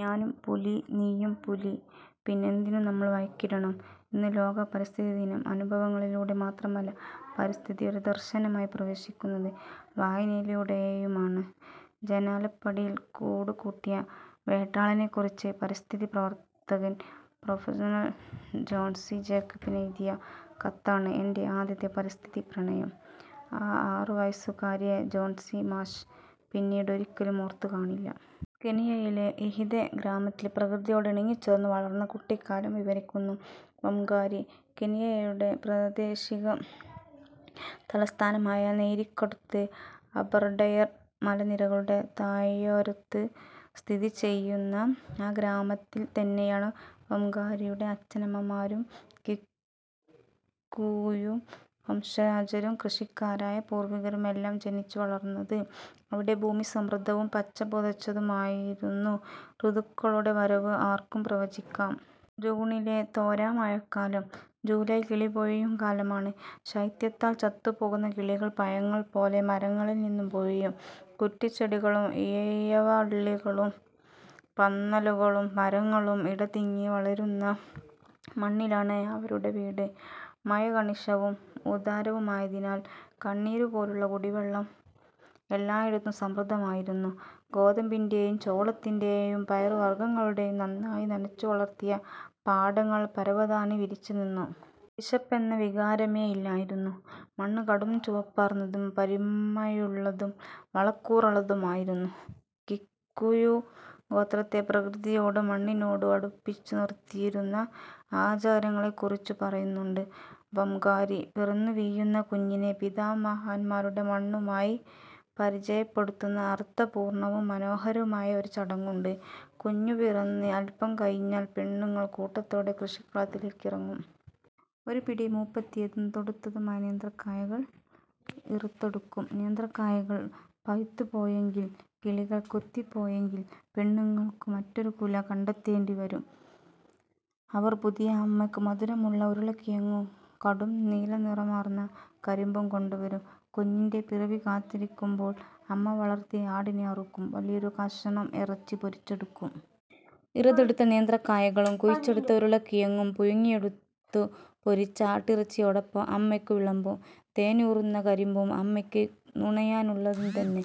ഞാനും പുലി, നീയും പുലി; പിന്നെന്തിനു നമ്മൾ വഴക്കിടണം! ഇന്ന് ലോക പരിസ്ഥിതിദിനം. അനുഭവങ്ങളിലൂടെ മാത്രമല്ല പരിസ്ഥിതി ഒരു ദർശനമായി പ്രവേശിക്കുന്നത്; വായനയിലൂടെയുമാണ്. ജനാലപ്പടിയിൽ കൂടുകൂട്ടിയ വേട്ടാളനെക്കുറിച്ച് പരിസ്ഥിതി പ്രവർത്തകൻ പ്രഫ. ജോൺസി ജേക്കബിനെഴുതിയ കത്താണ് എന്റെ ആദ്യത്തെ പരിസ്ഥിതി പ്രണയം. ആ ആറുവയസ്സുകാരിയെ ജോൺസി മാഷ് പിന്നീടൊരിക്കലും ഓർത്തുകാണില്ല. കെനിയയിലെ ഇഹിതെ ഗ്രാമത്തിൽ പ്രകൃതിയോടിണങ്ങിച്ചേർന്നു വളർന്ന കുട്ടിക്കാലം വിവരിക്കുന്നു വാംഗാരി. കെനിയയുടെ പ്രാദേശിക തലസ്ഥാനമായ നെയ്രിക്കടുത്ത്, അബർഡയർ മലനിരകളുടെ താഴ്വാരത്തു സ്ഥിതി ചെയ്യുന്ന ആ ഗ്രാമത്തിൽ തന്നെയാണ് വാംഗാരിയുടെ അച്ഛനമ്മമാരും, കിക്കുയു വംശജരും കൃഷിക്കാരായ പൂർവികരുമെല്ലാം ജനിച്ചു വളർന്നത്. അവിടെ ഭൂമി സമൃദ്ധവും പച്ച പുതച്ചതുമായിരുന്നു. ഋതുക്കളുടെ വരവ് ആർക്കും പ്രവചിക്കാം. ജൂണിലെ തോരാമഴക്കാലം. ജൂലൈ കിളിപൊഴിയും കാലമാണ്. ശൈത്യത്താൽ ചത്തുപോകുന്ന കിളികൾ പഴങ്ങൾ പോലെ മരങ്ങളിൽ നിന്നു പൊഴിയും. കുറ്റിച്ചെടികളും ഇഴവള്ളികളും പന്നലുകളും മരങ്ങളും ഇടതിങ്ങി വളരുന്ന മണ്ണിലാണ് അവരുടെ വീട്. മഴ കണിശവും ഉദാരവുമായതിനാൽ കണ്ണീരുപോലുള്ള കുടിവെള്ളം എല്ലായിടത്തും സമൃദ്ധമായിരുന്നു. ഗോതമ്പിന്റെയും ചോളത്തിന്റെയും പയറുവർഗ്ഗങ്ങളുടെയും നന്നായി നനച്ചു വളർത്തിയ പാടങ്ങൾ പരവതാനി വിരിച്ചു നിന്നു. വിശപ്പെന്ന വികാരമേ ഇല്ലായിരുന്നു. മണ്ണ് കടുംചുവപ്പാർന്നതും പശിമയുള്ളതും വളക്കൂറുള്ളതുമായിരുന്നു. കിക്കുയു ഗോത്രത്തെ പ്രകൃതിയോടും മണ്ണിനോടും അടുപ്പിച്ചു നിർത്തിയിരുന്ന ആചാരങ്ങളെ കുറിച്ചു പറയുന്നുണ്ട് വാംഗാരി. പിറന്നുവീഴുന്ന കുഞ്ഞിനെ പിതാമഹന്മാരുടെ മണ്ണുമായി പരിചയപ്പെടുത്തുന്ന അർഥപൂർണവും മനോഹരവുമായ ഒരു ചടങ്ങുണ്ട്. കുഞ്ഞു പിറന്ന് അൽപം കഴിഞ്ഞാൽ പെണ്ണുങ്ങൾ കൂട്ടത്തോടെ കൃഷിക്കളത്തിലേക്കിറങ്ങും. ഒരു പിടി മൂപ്പെത്തിയതും തുടുത്തതുമായ നേന്ത്രക്കായകൾ ഇറുത്തെടുക്കും. നേന്ത്രക്കായകൾ പഴുത്തുപോയെങ്കിൽ, കിളികൾ കൊത്തിപ്പോയെങ്കിൽ പെണ്ണുങ്ങൾക്കു മറ്റൊരു കുല കണ്ടെത്തേണ്ടി വരും. അവർ പുതിയ അമ്മയ്ക്ക് മധുരമുള്ള ഉരുളക്കിഴങ്ങും കടുംനീലനിറമാർന്ന കരിമ്പും കൊണ്ടുവരും. കുഞ്ഞിന്റെ പിറവി കാത്തിരിക്കുമ്പോൾ അമ്മ വളർത്തിയ ആടിനെ അറുക്കും. വലിയൊരു കഷണം ഇറച്ചി പൊരിച്ചെടുക്കും. ഇറുത്തെടുത്ത നേന്ത്രക്കായകളും കുഴിച്ചെടുത്ത ഉരുളക്കിഴങ്ങും പുഴുങ്ങിയെടുത്തു പൊരിച്ച ആട്ടിറച്ചിയോടൊപ്പം അമ്മയ്ക്കു വിളമ്പും. തേനൂറുന്ന കരിമ്പും അമ്മയ്ക്ക് നുണയാനുള്ളതു തന്നെ.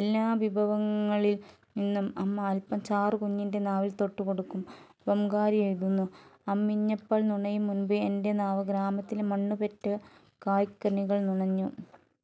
എല്ലാ വിഭവങ്ങളിൽ നിന്നും അമ്മ അൽപം ചാറ് കുഞ്ഞിന്റെ നാവിൽ തൊട്ടു കൊടുക്കും. വാംഗാരി എഴുതുന്നു-അമ്മിഞ്ഞപ്പാൽ നുണയും മുൻപ് എന്റെ നാവ് ഗ്രാമത്തിലെ മണ്ണു പെറ്റ കായ്കനികൾ നുണഞ്ഞു.